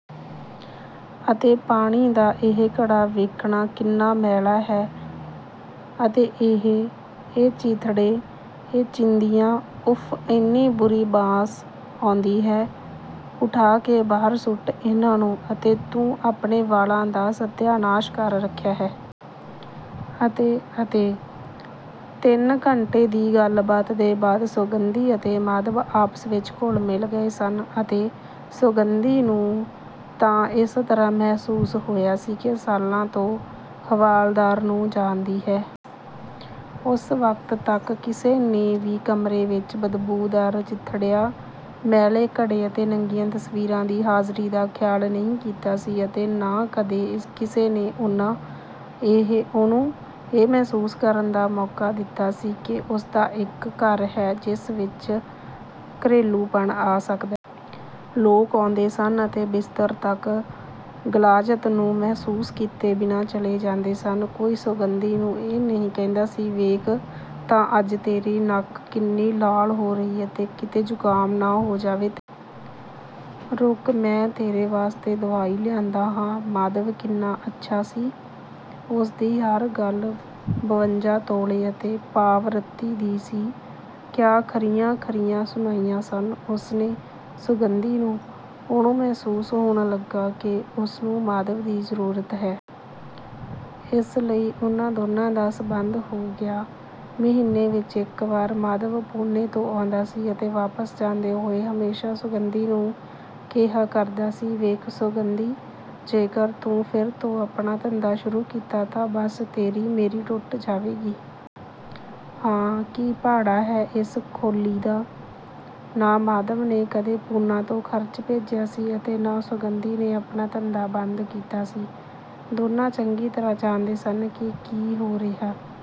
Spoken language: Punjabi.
ਅਤੇ ਪਾਣੀ ਦਾ ਇਹ ਘੜਾ, ਵੇਖਣਾ ਕਿੰਨਾ ਮੈਲਾ ਹੈ ਅਤੇ ਇਹ, ਇਹ ਚੀਥੜੇ, ਇਹ ਚਿੰਦੀਆਂ, ਉਫ਼, ਇਨੀ ਬੁਰੀ ਬਾਸ ਆਉਂਦੀ ਹੈ, ਉਠਾ ਕੇ ਬਾਹਰ ਸੁੱਟ ਇਨ੍ਹਾਂ ਨੂੰ। ਅਤੇ ਤੂੰ ਆਪਣੇ ਵਾਲ਼ਾਂ ਦਾ ਸਤਿਆਨਾਸ ਕਰ ਰੱਖਿਆ ਹੈ। ਅਤੇ, ਅਤੇ।” ਤਿੰਨ ਘੰਟੇ ਦੀ ਗੱਲਬਾਤ ਦੇ ਬਾਅਦ ਸੌਗੰਧੀ ਅਤੇ ਮਾਧਵ ਆਪਸ ਵਿੱਚ ਘੁਲ਼ ਮਿਲ਼ ਗਏ ਸਨ ਅਤੇ ਸੌਗੰਧੀ ਨੂੰ ਤਾਂ ਇਸ ਤਰ੍ਹਾਂ ਮਹਿਸੂਸ ਹੋਇਆ ਸੀ ਕਿ ਸਾਲਾਂ ਤੋਂ ਹਵਾਲਦਾਰ ਨੂੰ ਜਾਣਦੀ ਹੈ। ਉਸ ਵਕਤ ਤੱਕ ਕਿਸੇ ਨੇ ਵੀ ਕਮਰੇ ਵਿੱਚ ਬਦਬੂਦਾਰ ਚੀਥੜਿਆਂ, ਮੈਲੇ ਘੜੇ ਅਤੇ ਨੰਗੀਆਂ ਤਸਵੀਰਾਂ ਦੀ ਹਾਜ਼ਰੀ ਦਾ ਖ਼ਿਆਲ ਨਹੀਂ ਕੀਤਾ ਸੀ ਅਤੇ ਨਾ ਕਦੇ ਕਿਸੇ ਨੇ ਉਨਾ ਉਹਨੂੰ ਇਹ ਮਹਿਸੂਸ ਕਰਨ ਦਾ ਮੌਕਾ ਦਿੱਤਾ ਸੀ ਕਿ ਉਸਦਾ ਇੱਕ ਘਰ ਹੈ ਜਿਸ ਵਿੱਚ ਘਰੇਲੂਪਣ ਆ ਸਕਦਾ ਲੋਕ ਆਉਂਦੇ ਸਨ ਅਤੇ ਬਿਸਤਰ ਤੱਕ ਗ਼ਲਾਜ਼ਤ ਨੂੰ ਮਹਿਸੂਸ ਕੀਤੇ ਬਿਨਾਂ ਚਲੇ ਜਾਂਦੇ ਸਨ। ਕੋਈ ਸੌਗੰਧੀ ਨੂੰ ਇਹ ਨਹੀਂ ਕਹਿੰਦਾ ਸੀ, ਵੇਖ ਤਾਂ ਅੱਜ ਤੇਰੀ ਨੱਕ ਕਿੰਨੀ ਲਾਲ਼ ਹੋ ਰਹੀ ਹੈ, ਕਿਤੇ ਜੁਕਾਮ ਨਾ ਹੋ ਜਾਵੇ। ਰੁੱਕ ਮੈਂ ਤੇਰੇ ਵਾਸਤੇ ਦਵਾਈ ਲਿਆਂਦਾ ਹਾਂ। ਮਾਧਵ ਕਿੰਨਾ ਅੱਛਾ ਸੀ, ਉਸਦੀ ਹਰ ਗੱਲ ਬਵੰਜਾ ਤੋਲੇ ਅਤੇ ਪਾਵ-ਰੱਤੀ ਦੀ ਸੀ। ਕਿਆ ਖਰੀਆਂ ਖਰੀਆਂ ਸੁਣਾਈਆਂ ਸਨ ਉਸਨੇ ਸੌਗੰਧੀ ਨੂੰ। ਉਨੂੰ ਮਹਿਸੂਸ ਹੋਣ ਲੱਗਾ ਕਿ ਊਨੂੰ ਮਾਧਵ ਦੀ ਜ਼ਰੂਰਤ ਹੈ। ਇਸ ਲਈ ਉਨ੍ਹਾਂ ਦੋਨਾਂ ਦਾ ਸੰਬੰਧ ਹੋ ਗਿਆ। ਮਹੀਨੇ ਵਿੱਚ ਇੱਕ ਵਾਰ ਮਾਧਵ ਪੂਨੇ ਤੋਂ ਆਉਂਦਾ ਸੀ ਅਤੇ ਵਾਪਸ ਜਾਂਦੇ ਹੋਏ ਹਮੇਸ਼ਾ ਸੌਗੰਧੀ ਨੂੰ ਕਿਹਾ ਕਰਦਾ ਸੀ, “ਵੇਖ ਸੌਗੰਧੀ! ਜੇਕਰ ਤੂੰ ਫਿਰ ਤੋਂ ਆਪਣਾ ਧੰਦਾ ਸ਼ੁਰੂ ਕੀਤਾ ਤਾਂ ਬਸ ਤੇਰੀ ਮੇਰੀ ਟੁੱਟ ਜਾਵੇਗੀ। ਹਾਂ, ਕੀ ਭਾੜਾ ਹੈ ਇਸ ਖੋਲੀ ਦਾ ਨਾ ਮਾਧਵ ਨੇ ਕਦੇ ਪੂਨਾ ਤੋਂ ਖ਼ਰਚ ਭੇਜਿਆ ਸੀ ਅਤੇ ਨਾ ਸੌਗੰਧੀ ਨੇ ਆਪਣਾ ਧੰਦਾ ਬੰਦ ਕੀਤਾ ਸੀ। ਦੋਨਾਂ ਚੰਗੀ ਤਰ੍ਹਾਂ ਜਾਣਦੇ ਸਨ ਕਿ ਕੀ ਹੋ ਰਿਹਾ।